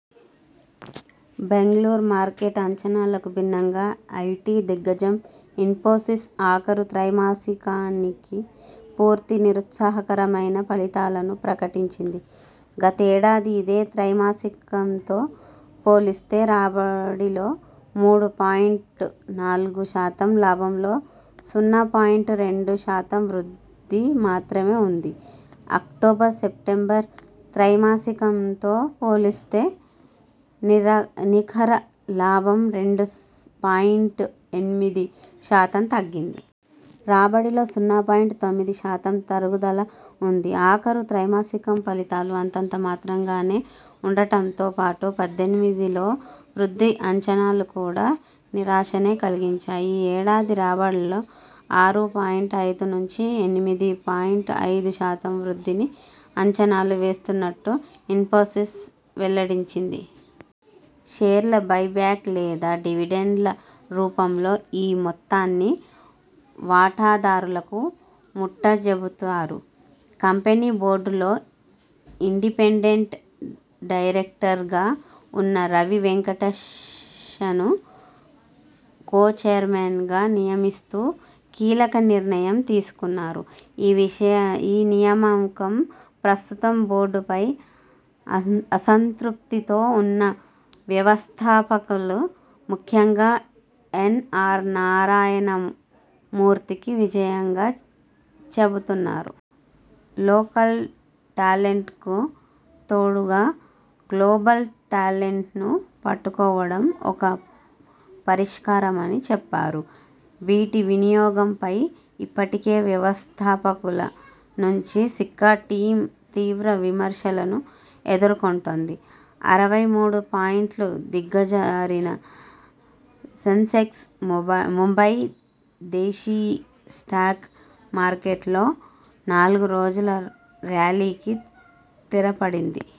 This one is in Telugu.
బెంగళూరు మార్కెట్ అంచనాలకు భిన్నంగా ఐటి దిగ్గజం ఇన్ఫోసిస్ ఆఖరు త్రైమాసికానికి పూర్తి నిరుత్సాహకరమైన ఫలితాలను ప్రకటించింది. గతేడాది ఇదే త్రైమాసికంతో పోలిస్తే రాబడిలో మూడు పాయింట్ నాలుగు శాతం, లాభంలో సున్నా పాయింట్ రెండు శాతం వృద్ధి మాత్రమే ఉంది. అక్టోబర్, సెప్టెంబర్ త్రైమాసికంతో పోలిస్తే నిర నికర లాభం రెండు పాయింట్ ఎనిమిది శాతం తగ్గింది. రాబడిలో సున్నా పాయింట్ తొమ్మిది శాతం తరుగుదల ఉంది. ఆఖరు త్రైమాసికం ఫలితాలు అంతంత మాత్రంగానే ఉండటంతో పాటు పద్దెనిమిదిలో వృద్ధి అంచనాలు కూడా నిరాశనే కలిగించాయి. ఈ ఏడాది రాబడుల్లో ఆరు పాయింట్ ఐదు నుంచి ఎనిమిది పాయింట్ ఐదు శాతం వృద్ధిని అంచనాలు వేస్తున్నట్టు ఇన్ఫోసిస్ వెల్లడించింది. షేర్ల బైబ్యాక్ లేదా డివిడెండ్ల రూపంలో ఈ మొత్తాన్ని వాటాదారులకు ముట్ట జెప్పుతారు. కంపెనీ బోర్డు లో ఇండిపెండెంట్ డైరెక్టర్గా ఉన్న రవి వెంకటేషన్ను కో చైర్మన్గా నియమిస్తూ కీలక నిర్ణయం తీసుకున్నారు. ఈ విషయ ఈ నియామకం ప్రస్తుతం బోర్డుపై అసంతృప్తితో ఉన్న వ్యవస్థాపకులు ముఖ్యంగా ఎన్ఆర్ నారాయణ మూర్తికి విజయంగా చెబుతున్నారు. లోకల్ టాలెంట్కు తోడుగా గ్లోబల్ టాలెంట్ను పట్టుకోవడం ఒక పరిష్కారమని చెప్పారు. వీటి వినియోగంపై ఇప్పటికే వ్యవస్థాపకుల నుంచి సిక్కా టీమ్ తీవ్ర విమర్శలను ఎదుర్కొంటుంది. అరవై మూడు పాయింట్లు దిగజారిన సెన్సెక్స్ ముంబై దేశీ స్టాక్ మార్కెట్లో నాలుగు రోజుల ర్యాలీకి తెర పడింది.